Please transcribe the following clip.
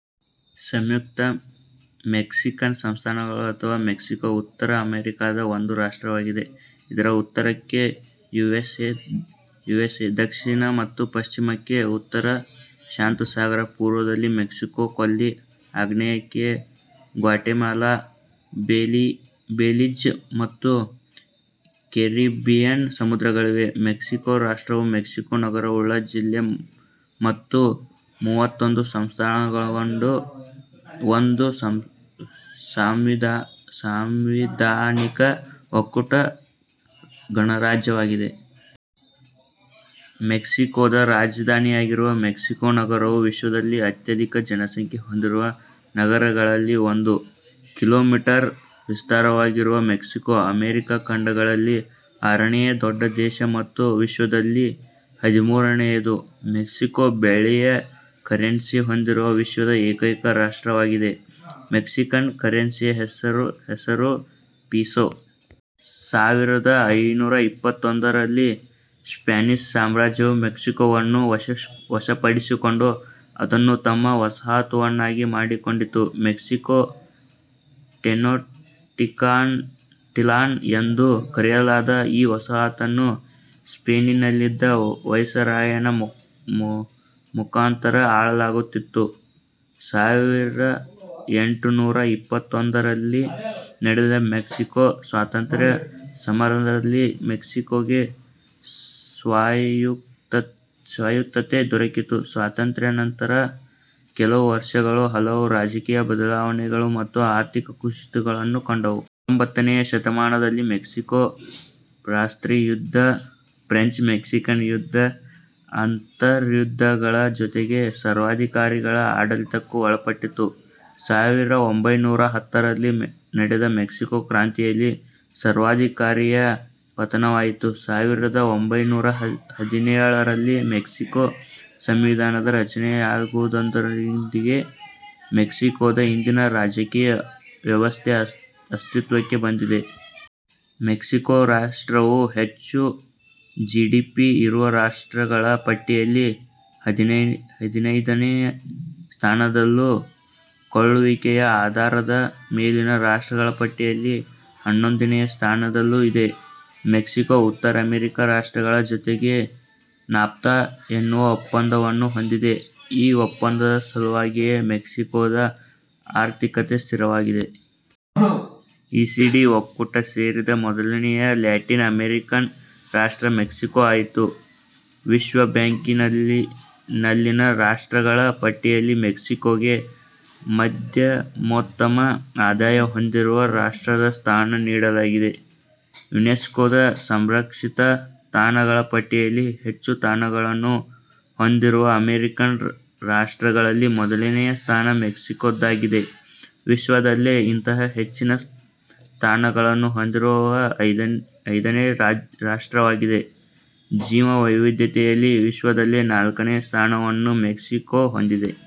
ಸಂಯುಕ್ತ Mexican ಸಂಸ್ಥಾನಗಳು ಅಥವಾ Mexico ಉತ್ತರ ಅಮೆರಿಕಾದ ಒಂದು ರಾಷ್ಟ್ರವಾಗಿದೆ. ಇದರ ಉತ್ತರಕ್ಕೆ ಯು. ಎಸ್. ಎ, ದಕ್ಷಿಣ ಮತ್ತು ಪಶ್ಚಿಮಕ್ಕೆ ಉತ್ತರ ಶಾಂತಸಾಗರ, ಪೂರ್ವದಲ್ಲಿ ಮೆಕ್ಸಿಕೋ ಕೊಲ್ಲಿ, ಆಗ್ನೇಯಕ್ಕೆ ಗ್ವಾಟೆಮಾಲಾ, ಬೆಲಿಝ್ ಮತ್ತು ಕೆರಿಬ್ಬಿಯನ್ ಸಮುದ್ರಗಳಿವೆ. ಮೆಕ್ಸಿಕೋ ರಾಷ್ಟ್ರವು ಮೆಕ್ಸಿಕೋ ನಗರವುಳ್ಳ ಜಿಲ್ಲೆ ಮತ್ತು ಮೂವತ್ತೊಂದು ಸಂಸ್ಥಾನಗಳನ್ನೊಳಗೊಂಡ ಒಂದು ಸಾಂವಿಧಾನಿಕ ಒಕ್ಕೂಟ ಗಣರಾಜ್ಯವಾಗಿದೆ. ಮೆಕ್ಸಿಕೋದ ರಾಜಧಾನಿಯಾಗಿರುವ ಮೆಕ್ಸಿಕೋ ನಗರವು ವಿಶ್ವದಲ್ಲಿ ಅತ್ಯಧಿಕ ಜನಸಂಖ್ಯೆ ಹೊಂದಿರುವ ನಗರಗಳಲ್ಲಿ ಒಂದು. ಕಿಲೋ ಮೀಟರ್ ವಿಸ್ತಾರವಾಗಿರುವ ಮೆಕ್ಸಿಕೋ ಅಮೆರಿಕಾ ಖಂಡಗಳಲ್ಲಿ ಆರನೆಯ ದೊಡ್ಡ ದೇಶ ಮತ್ತು ವಿಶ್ವದಲ್ಲಿ ಹದಿಮೂರನೆಯದು. ಮೆಕ್ಸಿಕೋ ಬೆಳ್ಳಿಯ ಕೆರೆನ್ಸಿ ಹೊಂದಿರುವ ವಿಶ್ವದ ಏಕೈಕ ರಾಷ್ಟ್ರವಾಗಿದೆ. ಮೆಕ್ಸಿಕನ್ ಕರೆನ್ಸಿಯ ಹೆಸರು ಪಿಸೋ. ಸಾವಿರದ ಐನೂರ ಇಪ್ಪತ್ತೊಂದರಲ್ಲಿ ಸ್ಪಾನಿಷ್ ಸಾಮ್ರಾಜ್ಯವು ಮೆಕ್ಸಿಕೋವನ್ನು ವಶಪಡಿಸಿಕೊಂಡು ಅದನ್ನು ತಮ್ಮ ವಸಾಹಸುವನ್ನಾಗಿ ಮಾಡಿಕೊಂಡಿತು. ಮೆಕ್ಸಿಕೋ-ಟೆನೊಕ್ಟಿಲಾನ್ ಎಂದು ಕರೆಯಲಾದ ಈ ವಸಾಹುತನ್ನು ಸ್ಪೇನಿನಲ್ಲಿದ್ದ ವೈಸರಾಯನ ಮುಖಾಂತರ ಆಳಲಾಗುತ್ತಿತ್ತು. ಸಾವಿರ ಎಂಟುನೂರ ಇಪ್ಪತ್ತೊಂದರಲ್ಲಿ ನಡೆದ ಮೆಕ್ಸಿಕೋ ಸ್ವಾತಂತ್ರ್ಯ ಸಮರದಲ್ಲಿ ಮೆಕ್ಸಿಕೋಗೆ ಸ್ವಾಯುತ್ತತೆ ದೊರಕಿತು. ಸ್ವಾತಂತ್ರ್ಯಾನಂತರದ ಕೆಲವು ವರ್ಷಗಳು ಹಲವು ರಾಜಕೀಯ ಬದಲಾವಣೆಗಳು ಮತ್ತು ಆರ್ಥಿಕ ಕುಸಿತಗಳನ್ನು ಕಂಡವು. ಹತ್ತೊಂಭತ್ತನೇ ಶತಮಾನದಲ್ಲಿನ ಮೆಕ್ಸಿಕೋ ಪಾಸ್ತ್ರಿ ಯುದ್ದ, ಫ್ರೆಂಚ್- ಮೆಕ್ಸಿಕನ್ ಯುದ್ದ, ಅಂತರ್ಯುದ್ದಗಳ ಜೊತೆಗೆ ಸರ್ವಾಧಿಕಾರಿಗಳ ಆಡಳಿತಕ್ಕೂ ಒಳಪಟ್ಟಿತು. ಸಾವಿರ ಒಂಭೈನೂರ ಹತ್ತರಲ್ಲಿ ನಡೆದ ಮೆಕ್ಸಿಕೋ ಕ್ರಾಂತಿಯಲ್ಲಿ ಸರ್ವಾಧಿಕಾರಿಯ ಪತನವಾಯಿತು. ಸಾವಿರದ ಒಂಭೈನೂರ ಹದಿನೇಳರಲ್ಲಿ ಮೆಕ್ಸಿಕೋ ಸಂವಿಧಾನದ ರಚನೆಯಾಗುವುದರೊಂದಿಗೆ ಮೆಕ್ಸಿಕೋದ ಇಂದಿನ ರಾಜಕೀಯ ವ್ಯವಸ್ಥೆ ಅಸ್ತಿತ್ವಕ್ಕೆ ಬಂದಿದೆ. ಮೆಕ್ಸಿಕೋ ರಾಷ್ಟ್ರವು ಹೆಚ್ಚು ಜಿ. ಡಿ. ಪಿ ಇರುವ ರಾಷ್ಟ್ರಗಳ ಪಟ್ಟಿಯಲ್ಲಿ ಹದಿನೈದನೇ ಸ್ಥಾನದಲ್ಲೂ ಕೊಳ್ಳುವಿಕೆಯ ಆಧಾರದ ಮೇಲಿನ ರಾಷ್ಟ್ರಗಳ ಪಟ್ಟಿಯಲ್ಲಿ ಹನ್ನೊಂದನೆ ಸ್ಥಾನದಲ್ಲೂ ಇದೆ. ಮೆಕ್ಸಿಕೋ ಉತ್ತರ ಅಮೇರಿಕನ್ ರಾಷ್ಟ್ರಗಳ ಜೊತೆಗೆ ನಾಫ್ತಾ ಎನ್ನುವ ಒಪ್ಪಂದವನ್ನು ಹೊಂದಿದೆ. ಈ ಒಪ್ಪಂದದ ಸಲುವಾಗಿಯೇ ಮೆಕ್ಸಿಕೋದ ಆರ್ಥಿಕತೆ ಸ್ಥಿರವಾಗಿದೆ. ಇ. ಸಿ. ಡಿ ಒಕ್ಕೂಟ ಸೇರಿದ ಮೊದಲನೆಯ ಲ್ಯಾಟಿನ್ ಅಮೇರಿಕನ್ ರಾಷ್ಟ್ರ ಮೆಕ್ಸಿಕೋ ಆಯಿತು. ವಿಶ್ವಬ್ಯಾಂಕಿನಲ್ಲಿನ ರಾಷ್ಟ್ರಗಳ ಪಟ್ಟಿಯಲ್ಲಿ ಮೆಕ್ಸಿಕೋಗೆ ಮಧ್ಯಮೋತ್ತಮ ಆದಾಯ ಹೊಂದಿರುವ ರಾಷ್ಟ್ರದ ಸ್ಥಾನ ನೀಡಲಾಗಿದೆ. ಯುನೆಸ್ಕೋದ ಸಂರಕ್ಷಿತ ತಾಣಗಳ ಪಟ್ಟಿಯಲ್ಲಿ ಹೆಚ್ಚು ತಾಣಗಳನ್ನು ಹೊಂದಿರುವ ಅಮೇರಿಕನ್ ರಾಷ್ಟ್ರಗಳಲ್ಲಿ ಮೊದಲನೆಯ ಸ್ಥಾನ ಮೆಕ್ಸಿಕೋದ್ದಾಗಿದೆ ವಿಶ್ವದಲ್ಲೇ ಇಂತಹ ಹೆಚ್ಚಿನ ತಾಣಗಳನ್ನು ಹೊಂದಿರುವ ಐದನೇ ರಾಷ್ಟ್ರವಾಗಿದೆ. ಜೀವ ವೈವಿಧ್ಯತೆಯಲ್ಲಿ ವಿಶ್ವದಲ್ಲೇ ನಾಲ್ಕನೆಯ ಸ್ಥಾನವನ್ನು ಮೆಕ್ಸಿಕೋ ಹೊಂದಿದೆ.